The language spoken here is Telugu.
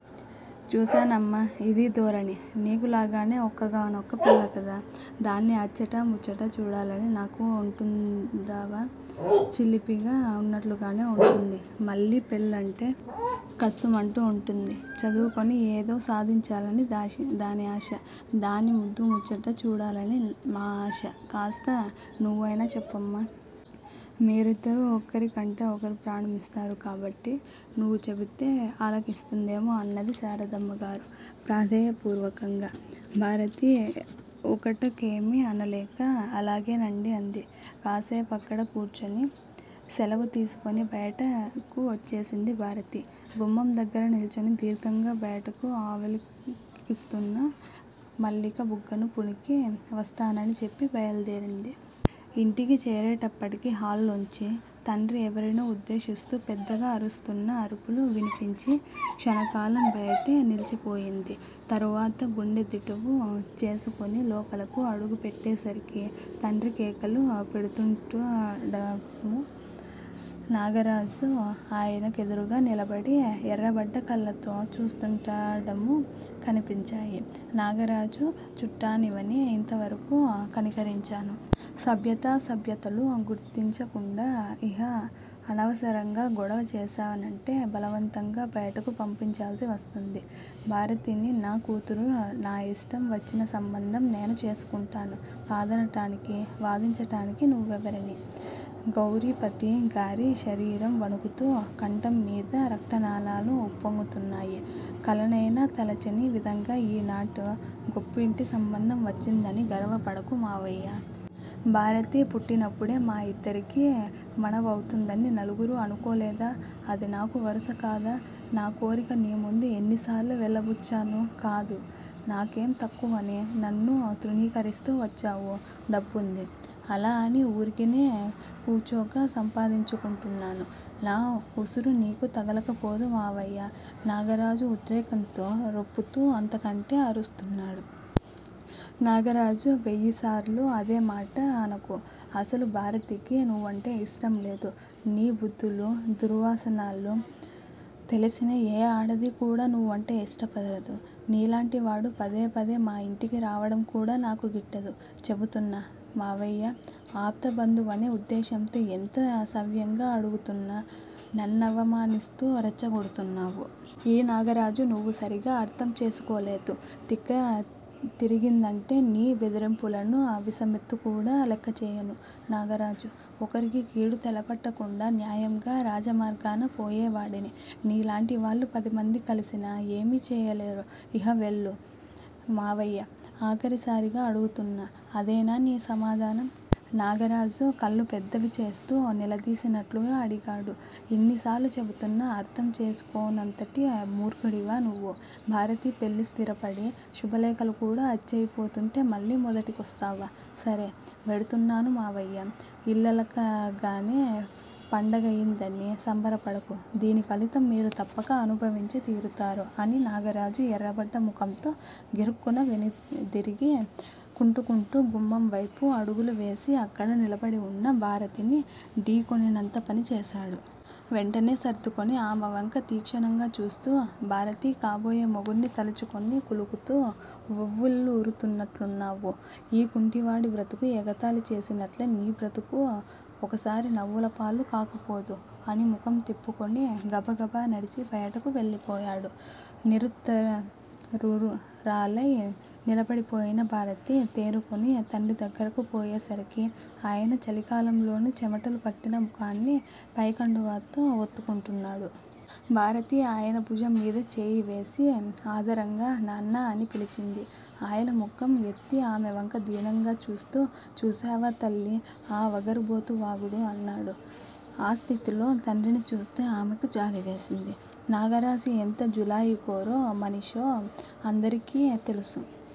చూశానమ్మా, ఇదీ ధోరణి? నీకు లాగానే ఒక్కగానొక్క పిల్ల కదా. దాన్ని అచ్చటా ముచ్చటా చూడాలని నాకు వుంటుందంటావా? చిలిపిగా వున్నట్లుగానే వుంటుంది. మళ్ళీ పెళ్ళంటే కస్సుమంటూ వుంటుంది. చదువుకుని ఏదో సాధించాలని దాని ఆశ. దాని ముద్దూ ముచ్చటా చూడాలని మా ఆశ కాస్త నువ్వయినా చెప్పమ్మా. మీరిద్దరూ ఒకరంటే ఒకరు ప్రాణమిస్తారు కాబట్టి నువ్వు చెబితే అలకిస్తుందేమో అన్నది శారదమ్మ గారు ప్రాధేయ పూర్వకంగా. భారతి బయటకేమీ అనలేక అలాగేనండి అంది. కాసేపక్కడ కూర్చుని సెలవు తీసుకుని బయటకు వచ్చేసింది భారతి. గుమ్మం దగ్గర నిల్చుని దీర్ఘంగా బయటకు అవలోకిస్తున్న మల్లిక బుగ్గను పుణికి, వస్తానని చెప్పి బయల్దేరింది. ఇంటికి చేరేటప్పటికి హాల్లోంచి, తండ్రి ఎవరినో ఉద్దేశిస్తూ పెద్దగా అరుస్తున్న అరుపులు వినిపించి క్షణకాలం బయటే ని లిచిపోయింది. తరువాత గుండె దిటవు చేసుకుని లోపలకు అడుగు పెట్టేసరికి, తండ్రి కేకలు పెడుతూండటమూ, నాగరాజు ఆయన కెదురుగా నిలబడి ఎర్రబడ్డ కళ్ళతో చూస్తుండటమూ కనిపించాయి. నాగరాజూ! చుట్టానివని ఇంతవరకూ కనికరించాను. సభ్యతా సభ్యతలు గుర్తించ కుండా ఇహ అనవసరంగా గొడవ చేశానంటే బలవంతంగా బయటకు పంపించాల్సి వస్తుంది. భారతిని నా కూతురు నా ఇష్టం వచ్చిన సంబంధం నేను చేసుకుంటాను కాదనటానికీ, వాదించటానికీ నువ్వెవరిని? గౌరీపతి గారి శరీరం వణుకుతూ, కంఠం మీది రక్తనాళాలు ఉప్పొంగుతున్నాయి. కలనైనా తలచని విధంగా ఈనాడు గొప్పింటి సంబంధం వచ్చిందని గర్వపడకు మామయ్యా! భారతి పుట్టినప్పుడే మా ఇద్దరికీ మనువవుతుందని నలుగురూ అనుకోలేదా? అది నాకు వరుస కాదా? నా కోరిక నీ ముందు ఎన్నిసార్లు వెళ్ళబుచ్చాను కాదు? నాకేం తక్కువని నన్ను తృణీకరిస్తూ వచ్చావు? డబ్బుంది. అలా అని ఊరికినే కూచోక సంపాదించుకుంటున్నాను నా ఉసురు నీకు తగలక పోదు మామయ్యా నాగరాజు ఉద్రేకంతో రొప్పుతూ అంతకంటే అరుస్తున్నాడు. నాగరాజూ వెయ్యిసార్లు అదే మాట అనకు. అసలు భారతికి నువ్వంటే ఇష్టంలేదు. నీ బుద్ధులూ, దుర్వ్యసనాలూ తెలిసిన ఏ ఆడదీ కూడా నువ్వంటే ఇష్టపడదు నీలాంటి వాడు పదే పదే మా ఇంటికి రావటం కూడా నాకు గిట్టదు, చెపుతున్నా మామయ్యా! ఆప్త బంధువనే ఉద్దేశ్యంతో ఎంత సవ్యంగా అడుగుతున్నా నన్నవమానిస్తూ రెచ్చగొడుతున్నావు. ఈ నాగరాజును నువ్వు సరిగా అర్ధం చేసుకోలేదు తిక్క తిరిగిందంటే నీ బెదిరింపులను వీసమెత్తుకూడా లెక్కచేయను. నాగరాజూ! ఒకరికి కీడు తలపెట్టకుండా, న్యాయంగా రాజమార్గాన పోయేవాడిని, నీ లాంటి వాళ్ళు పదిమంది కలసినా ఏమీ చేయలేరు. ఇహ వెళ్ళు. మామయ్యా! ఆఖరిసారిగా అడుగుతున్నా. అదేనా నీ సమాధానం? నాగరాజు కళ్ళు పెద్దవిచేస్తూ నిలదీసినట్లుగా అడిగాడు. ఇన్నిసార్లు చెబుతున్నా అర్ధం చేసుకోనంతటి మూర్ఖుడివా నువ్వు? భారతి పెళ్ళి స్థిరపడి, శుభలేఖలు కూడా అచ్చయిపోతుంటే మళ్ళీ మొదటికొస్తావా? సరే. వెడుతున్నాను మామయ్యా. ఇల్లలకగానే పండగయిందని సంబరపడకు దీని ఫలితం మీరు తప్పక అనుభవించి తీరుతారు అని నాగరాజు ఎర్రబడ్డ ముఖంతో గిరుక్కున వెనుదిరిగి, కుంటుకుంటూ గుమ్మం వైపు అడుగులు వేసి అక్కడ నిలబడివున్న భారతిని ఢీ కొనినంత పని చేశాడు. వెంటనే సర్దుకుని ఆమెవంక తీక్షణంగా చూస్తూ, భారతీ కాబోయే మొగుణ్ణి తలుచుకుని కులుకుతూ, ఉవ్విళ్లూరుతున్నట్లున్నావు. ఈ కుంటివాడి బ్రతుకు ఎగతాళి చేసినట్లే నీ బ్రతుకూ ఒకసారి నవ్వులపాలు కాకపోదు అని ముఖం త్రిప్పుకుని, గబగబా నడిచి బయటకు వెళ్ళిపోయాడు. నిరుత్తరురాలై నిలబడిపోయిన భారతి, తేరుకుని తండ్రి దగ్గరకు పోయేసరికి, ఆయన చలికాలంలోనూ చెమటలు పట్టిన ముఖాన్ని పైకండువాతో ఒత్తుకుంటున్నాడు. భారతి ఆయన భుజంమీద చేయివేసి ఆదరంగా నాన్నా! అని పిలిచింది. అయన ముఖం ఎత్తి ఆమెవంక దీనంగా చూస్తూ చూశావా, తల్లీ. ఆ వగరుబోతు వాగుడు? అన్నాడు. ఆ స్థితిలో తండ్రిని చూస్తే ఆమెకు జాలివేసింది. నాగరాజు ఎంత జులాయికోరు మనిషో అందరకి తెలుసు.